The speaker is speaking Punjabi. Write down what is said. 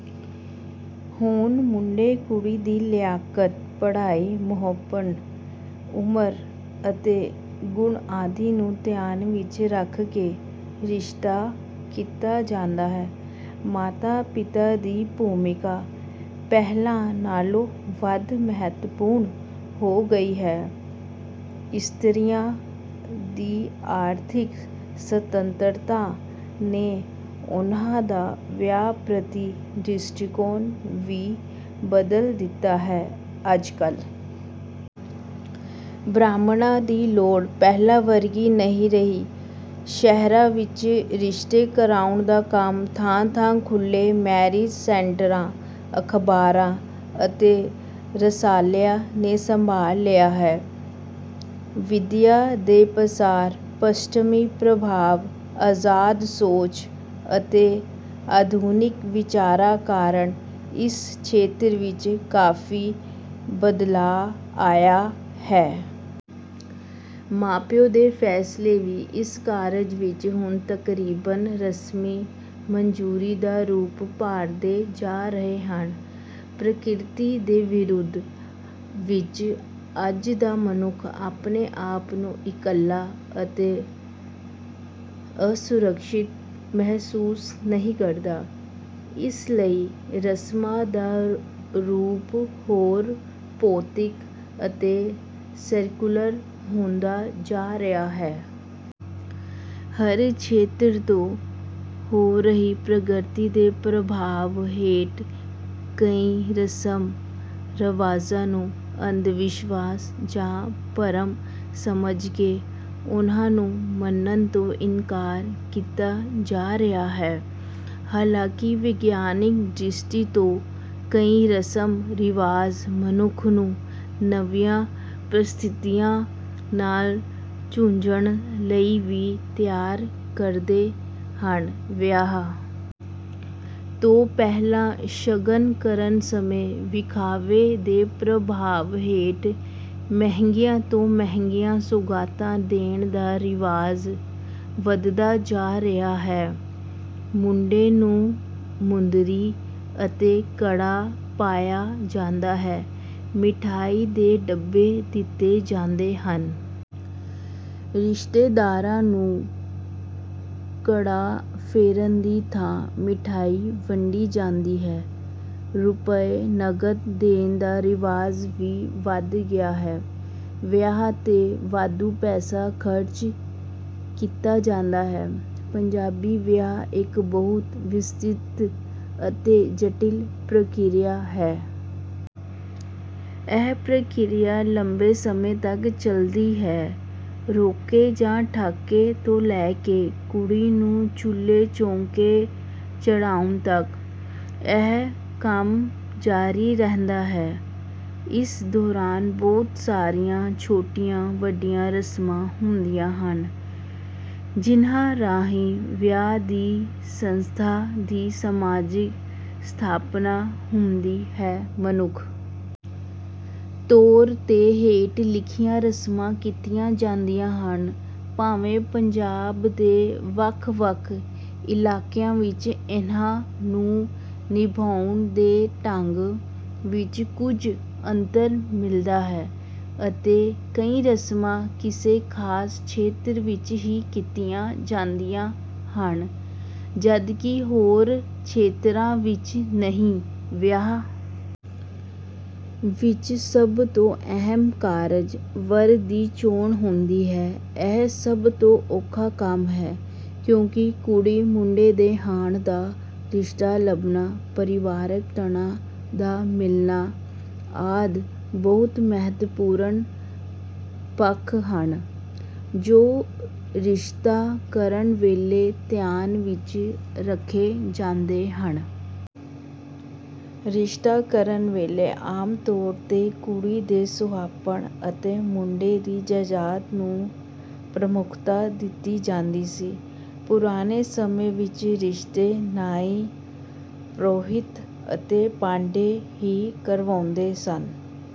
ਹੁਣ ਮੁੰਡੇ-ਕੁੜੀ ਦੀ ਲਿਆਕਤ, ਪੜ੍ਹਾਈ, ਸੁਹੱਪਣ, ਉਮਰ ਅਤੇ ਗੁਣ ਆਦਿ ਨੂੰ ਧਿਆਨ ਵਿੱਚ ਰੱਖ ਕੇ ਰਿਸ਼ਤਾ ਕੀਤਾ ਜਾਂਦਾ ਹੈ। ਮਾਤਾ-ਪਿਤਾ ਦੀ ਭੂਮਿਕਾ ਪਹਿਲਾਂ ਨਾਲੋਂ ਵੱਧ ਮਹੱਤਵਪੂਰਨ ਹੋ ਗਈ ਹੈ। ਇਸਤਰੀਆਂ ਦੀ ਆਰਥਿਕ ਸੁਤੰਤਰਤਾ ਨੇ ਉਹਨਾਂ ਦਾ ਵਿਆਹ ਪ੍ਰਤੀ ਦ੍ਰਿਸ਼ਟੀਕੋਣ ਵੀ ਬਦਲ ਦਿੱਤਾ ਹੈ। ਅੱਜ-ਕੱਲ੍ਹ ਬ੍ਰਾਹਮਣਾਂ ਦੀ ਲੋੜ ਪਹਿਲਾਂ ਵਰਗੀ ਨਹੀਂ ਰਹੀ। ਸ਼ਹਿਰਾਂ ਵਿੱਚ ਰਿਸ਼ਤੇ ਕਰਵਾਉਣ ਦਾ ਕੰਮ ਥਾਂ-ਥਾਂ ਖੁੱਲ੍ਹੇ ਮੈਰਿਜ ਸੈਂਟਰਾਂ, ਅਖ਼ਬਾਰਾਂ ਅਤੇ ਰਸਾਲਿਆਂ ਨੇ ਸੰਭਾਲ ਲਿਆ ਹੈ। ਵਿੱਦਿਆ ਦੇ ਪਸਾਰ, ਪੱਛਮੀ ਪ੍ਰਭਾਵ, ਆਜ਼ਾਦ ਸੋਚ ਅਤੇ ਆਧੁਨਿਕ ਵਿਚਾਰਾਂ ਕਾਰਨ ਇਸ ਖੇਤਰ ਵਿੱਚ ਕਾਫ਼ੀ ਬਦਲਾਅ ਆਇਆ ਹੈ। ਮਾਪਿਆਂ ਦੇ ਫ਼ੈਸਲੇ ਵੀ ਇਸ ਕਾਰਜ ਵਿੱਚ ਹੁਣ ਤਕਰੀਬਨ ਰਸਮੀ ਮਨਜ਼ੂਰੀ ਦਾ ਰੂਪ ਧਾਰਦੇ ਜਾ ਰਹੇ ਹਨ। ਪ੍ਰਕਿਰਤੀ ਦੇ ਵਿਰੋਧ ਵਿੱਚ ਅੱਜ ਦਾ ਮਨੁੱਖ ਆਪਣੇ ਆਪ ਨੂੰ ਇਕੱਲਾ ਅਤੇ ਅਸੁਰੱਖਿਅਤ ਮਹਿਸੂਸ ਨਹੀਂ ਕਰਦਾ। ਇਸ ਲਈ ਰਸਮਾਂ ਦਾ ਰੂਪ ਹੋਰ ਭੌਤਿਕ ਅਤੇ ਸੈਕੂਲਰ ਹੁੰਦਾ ਜਾ ਰਿਹਾ ਹੈ। ਹਰ ਖੇਤਰ ਵਿੱਚ ਹੋ ਰਹੀ ਪ੍ਰਗਤੀ ਦੇ ਪ੍ਰਭਾਵ ਹੇਠ ਕਈ ਰਸਮ-ਰਿਵਾਜ਼ਾਂ ਨੂੰ ਅੰਧਵਿਸ਼ਵਾਸ ਜਾਂ ਭਰਮ ਸਮਝ ਕੇ ਉਹਨਾਂ ਨੂੰ ਮੰਨਣ ਤੋਂ ਇਨਕਾਰ ਕੀਤਾ ਜਾ ਰਿਹਾ ਹੈ। ਹਾਲਾਂਕਿ ਵਿਗਿਆਨਕ ਦ੍ਰਿਸ਼ਟੀ ਤੋਂ ਕਈ ਰਸਮ-ਰਿਵਾਜ਼ ਮਨੁੱਖ ਨੂੰ ਨਵੀਆਂ ਪ੍ਰਸਥਿਤੀਆਂ ਨਾਲ ਜੂਝਣ ਲਈ ਵੀ ਤਿਆਰ ਕਰਦੇ ਹਨ। ਵਿਆਹ ਤੋਂ ਪਹਿਲਾਂ ਸ਼ਗਨ ਕਰਨ ਸਮੇਂ ਵਿਖਾਵੇ ਦੇ ਪ੍ਰਭਾਵ ਹੇਠ ਮਹਿੰਗੀਆਂ ਤੋਂ ਮਹਿੰਗੀਆਂ ਸੌਗਾਤਾਂ ਦੇਣ ਦਾ ਰਿਵਾਜ ਵੱਧਦਾ ਜਾ ਰਿਹਾ ਹੈ। ਮੁੰਡੇ ਨੂੰ ਮੁੰਦਰੀ ਅਤੇ ਕੜਾ ਪਾਇਆ ਜਾਂਦਾ ਹੈ। ਮਿਠਾਈ ਦੇ ਡੱਬੇ ਦਿੱਤੇ ਜਾਂਦੇ ਹਨ। ਰਿਸ਼ਤੇਦਾਰਾਂ ਨੂੰ ਗੰਢਾ ਫੇਰਨ ਦੀ ਥਾਂ ਮਿਠਾਈ ਵੰਡੀ ਜਾਂਦੀ ਹੈ। ਰੁਪਏ ਨਕਦ ਦੇਣ ਦਾ ਰਿਵਾਜ ਵੀ ਵਧ ਗਿਆ ਹੈ। ਵਿਆਹਾਂ ’ਤੇ ਵਾਧੂ ਪੈਸਾ ਖ਼ਰਚ ਕੀਤਾ ਜਾਂਦਾ ਹੈ। ਪੰਜਾਬੀ ਵਿਆਹ ਇੱਕ ਬਹੁਤ ਵਿਸਤ੍ਰਿਤ ਅਤੇ ਜਟਿਲ ਪ੍ਰਕਿਰਿਆ ਹੈ। ਇਹ ਪ੍ਰਕਿਰਿਆ ਲੰਬੇ ਸਮੇਂ ਤੱਕ ਚੱਲਦੀ ਹੈ। ਰੋਕੇ ਜਾਂ ਠਾਕੇ ਤੋਂ ਲੈ ਕੇ ਕੁੜੀ ਨੂੰ ਚੌਂਕੇ-ਚੁੱਲ੍ਹੇ ਚੜ੍ਹਾਉਣ ਤੱਕ ਇਹ ਕ੍ਰਮ ਜਾਰੀ ਰਹਿੰਦਾ ਹੈ। ਇਸ ਦੌਰਾਨ ਬਹੁਤ ਸਾਰੀਆਂ ਛੋਟੀਆਂ-ਵੱਡੀਆਂ ਰਸਮਾਂ ਹੁੰਦੀਆਂ ਹਨ, ਜਿਨ੍ਹਾਂ ਰਾਹੀਂ ਵਿਆਹ ਦੀ ਸੰਸਥਾ ਦੀ ਸਮਾਜਿਕ ਸਥਾਪਨਾ ਹੁੰਦੀ ਹੈ। ਮੁੱਖ ਤੌਰ ’ਤੇ ਹੇਠ ਲਿਖੀਆਂ ਰਸਮਾਂ ਕੀਤੀਆਂ ਜਾਂਦੀਆਂ ਹਨ। ਭਾਵੇਂ ਪੰਜਾਬ ਦੇ ਵੱਖ-ਵੱਖ ਇਲਾਕਿਆਂ ਵਿੱਚ ਇਨ੍ਹਾਂ ਨੂੰ ਨਿਭਾਉਣ ਦੇ ਢੰਗ ਵਿੱਚ ਕੁਝ ਅੰਤਰ ਮਿਲਦਾ ਹੈ ਅਤੇ ਕਈ ਰਸਮਾਂ ਕਿਸੇ ਖ਼ਾਸ ਖੇਤਰ ਵਿੱਚ ਹੀ ਕੀਤੀਆਂ ਜਾਂਦੀਆਂ ਹਨ, ਜਦਕਿ ਹੋਰ ਖੇਤਰਾਂ ਵਿੱਚ ਨਹੀਂ। ਵਿਆਹ ਵਿੱਚ ਸਭ ਤੋਂ ਅਹਿਮ ਕਾਰਜ ਵਰ ਦੀ ਚੋਣ ਹੁੰਦਾ ਹੈ। ਇਹ ਸਭ ਤੋਂ ਔਖਾ ਕੰਮ ਹੈ, ਕਿਉਂਕਿ ਕੁੜੀ-ਮੁੰਡੇ ਦੇ ਹਾਣ ਦਾ ਰਿਸ਼ਤਾ ਲੱਭਣਾ, ਪਰਿਵਾਰਕ ਤੰਦਾਂ ਦਾ ਮਿਲਣਾ ਆਦਿ ਬਹੁਤ ਮਹੱਤਵਪੂਰਨ ਪੱਖ ਹਨ, ਜੋ ਰਿਸ਼ਤਾ ਕਰਨ ਵੇਲੇ ਧਿਆਨ ਵਿੱਚ ਰੱਖੇ ਜਾਂਦੇ ਹਨ। ਰਿਸ਼ਤਾ ਕਰਨ ਵੇਲੇ ਆਮ ਤੌਰ ’ਤੇ ਕੁੜੀ ਦੇ ਸੁਹੱਪਣ ਅਤੇ ਮੁੰਡੇ ਦੀ ਜਾਇਦਾਦ ਨੂੰ ਪ੍ਰਮੁੱਖਤਾ ਦਿੱਤੀ ਜਾਂਦੀ ਸੀ। ਪੁਰਾਣੇ ਸਮੇਂ ਵਿੱਚ ਰਿਸ਼ਤੇ ਨਾਈ, ਪ੍ਰੋਹਿਤ ਅਤੇ ਪਾਂਧੇ ਹੀ ਕਰਵਾਉਂਦੇ ਸਨ।